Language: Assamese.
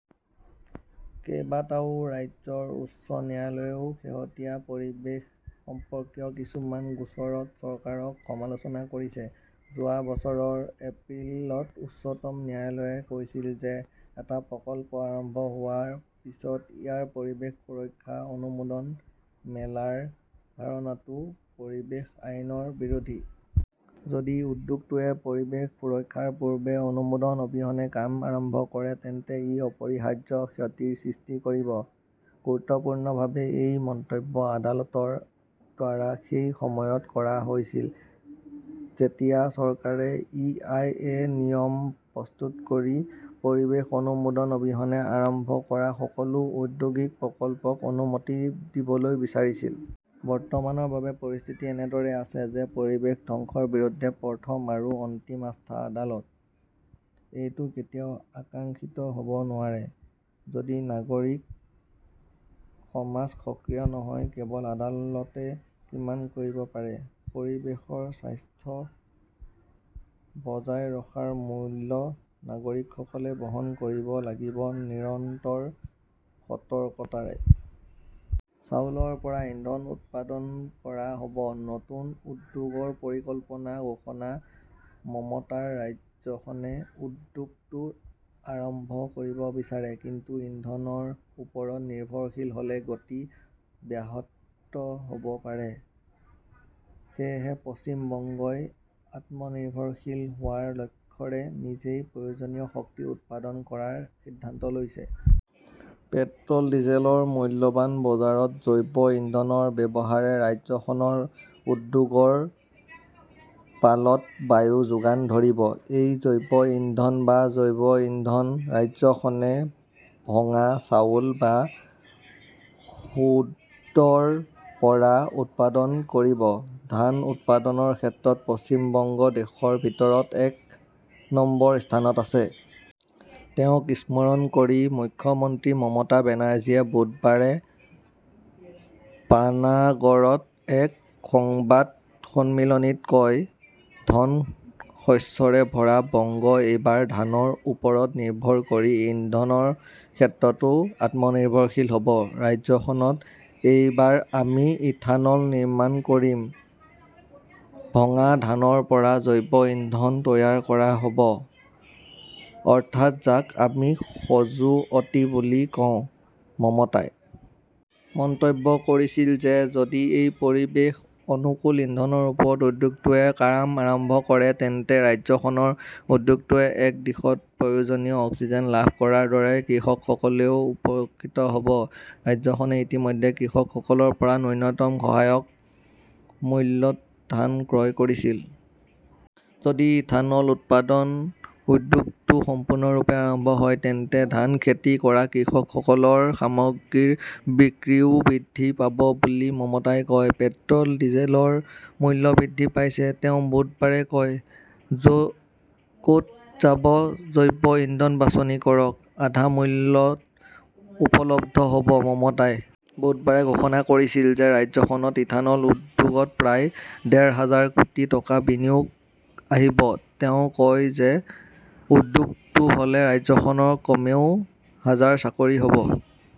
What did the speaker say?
কেইবাটাও ৰাজ্যৰ উচ্চ ন্যায়ালয়েও শেহতীয়া পৰিৱেশ সম্পৰ্কীয় কিছুমান গোচৰত চৰকাৰক সমালোচনা কৰিছে। যোৱা বছৰৰ এপ্ৰিলত উচ্চতম ন্যায়ালয়ে কৈছিল যে এটা প্ৰকল্প আৰম্ভ হোৱাৰ পিছত ইয়াৰ পৰিৱেশ সুৰক্ষা অনুমোদন মেলাৰ ধাৰণাটো পৰিৱেশ আইনৰ বিৰোধী। যদি উদ্যোগটোৱে পৰিৱেশ সুৰক্ষাৰ পূৰ্বে অনুমোদন অবিহনে কাম আৰম্ভ কৰে তেন্তে ই অপৰিহাৰ্য ক্ষতিৰ সৃষ্টি কৰিব। গুৰুত্বপূৰ্ণভাৱে এই মন্তব্য আদালতৰ দ্বাৰা সেই সময়ত কৰা হৈছিল যেতিয়া চৰকাৰে ই. আই. এ. নিয়ম প্ৰস্তুত কৰি পৰিৱেশ অনুমোদন অবিহনে আৰম্ভ কৰা সকলো ঔদ্যোগিক প্ৰকল্পক অনুমতি দিবলৈ বিচাৰিছিল। বৰ্তমানৰ বাবে পৰিস্থিতি এনেদৰে আছে যে পৰিৱেশ ধ্বংসৰ বিৰুদ্ধে প্ৰথম আৰু অন্তিম আস্থা আদালত। এইটো কেতিয়াও আকাংক্ষিত হ'ব নোৱাৰে। যদি নাগৰিক সমাজ সক্ৰিয় নহয়, কেৱল আদালতে কিমান কৰিব পাৰে? পৰিৱেশৰ স্বাস্থ্য বজাই ৰখাৰ মূল্য নাগৰিকসকলে বহন কৰিব লাগিব নিৰন্তৰ সতৰ্কতাৰে। চাউলৰ পৰা ইন্ধন উৎপাদন কৰা হ'ব, নতুন উদ্যোগৰ পৰিকল্পনা ঘোষণা মমতাৰ ৰাজ্যখনে উদ্যোগটো আৰম্ভ কৰিব বিচাৰে। কিন্তু ইন্ধনৰ ওপৰত নিৰ্ভৰশীল হ'লে গতি ব্যাহত হ'ব পাৰে। সেয়েহে পশ্চিম বংগই আত্মনিৰ্ভৰশীল হোৱাৰ লক্ষ্যৰে নিজেই প্ৰয়োজনীয় শক্তি উৎপাদন কৰাৰ সিদ্ধান্ত লৈছে। পেট্ৰ'ল, ডিজেলৰ মূল্যৱান বজাৰত জৈৱ ইন্ধনৰ ব্যৱহাৰে ৰাজ্যখনৰ উদ্যোগৰ পালত বায়ু যোগান ধৰিব। এই জৈৱ ইন্ধন বা জৈৱ ইন্ধন ৰাজ্যখনে ভঙা চাউল বা খুডৰ পৰা উৎপাদন কৰিব। ধান উৎপাদনৰ ক্ষেত্ৰত পশ্চিম বংগ দেশৰ ভিতৰত এক নম্বৰ স্থানত আছে। তেওঁক স্মৰণ কৰি মুখ্যমন্ত্ৰী মমতা বেনাৰ্জীয়ে বুধবাৰে পানাগড়ত এক সংবাদ সন্মিলনিত কয়, ধন শস্যৰে ভৰা বংগ এইবাৰ ধানৰ ওপৰত নিৰ্ভৰ কৰি ইন্ধনৰ ক্ষেত্ৰতো আত্মনিৰ্ভৰশীল হ'ব। ৰাজ্যখনত এইবাৰ আমি ইথানল নিৰ্মাণ কৰিম। ভঙা ধানৰ পৰা জৈৱ ইন্ধন তৈয়াৰ কৰা হ 'ব, অৰ্থাৎ যাক আমি খজুৱতি বুলি কওঁ। মমতাই মন্তব্য কৰিছিল যে যদি এই পৰিৱেশ অনুকূল ইন্ধনৰ ওপৰত উদ্যোগটোৱে কাম আৰম্ভ কৰে তেন্তে ৰাজ্যখনৰ উদ্যোগটোৱে একে দিশত প্ৰয়োজনীয় অক্সিজেন লাভ কৰাৰ দৰে কৃষকসকলেও উপকৃত হ'ব। ৰাজ্যখনে ইতিমধ্যে কৃষকসকলৰ পৰা ন্যূনতম সহায়ক মূল্যত ধান ক্ৰয় কৰিছিল। যদি ইথানল উৎপাদন উদ্যোগটো সম্পূৰ্ণৰূপে আৰম্ভ হয়, তেন্তে ধান খেতি কৰা কৃষকসকলৰ সামগ্ৰীৰ বিক্ৰীও বৃদ্ধি পাব বুলি মমতাই কয়। পেট্ৰ'ল, ডিজেলৰ মূল্য বৃদ্ধি পাইছে, তেওঁ বুধবাৰে কয়। ক'ত যাব, জৈৱ ইন্ধন বাছনি কৰক। আধা মূল্যত উপলব্ধ হ'ব। মমতাই বুধবাৰে ঘোষণা কৰিছিল যে ৰাজ্যখনত ইথানল উদ্যোগত প্ৰায় ডেৰ হাজাৰ কোটি টকাৰ বিনিয়োগ আহিব। তেওঁ কয় যে উদ্যোগটো হ'লে ৰাজ্যখনত কমেও হাজাৰ চাকৰি হ'ব।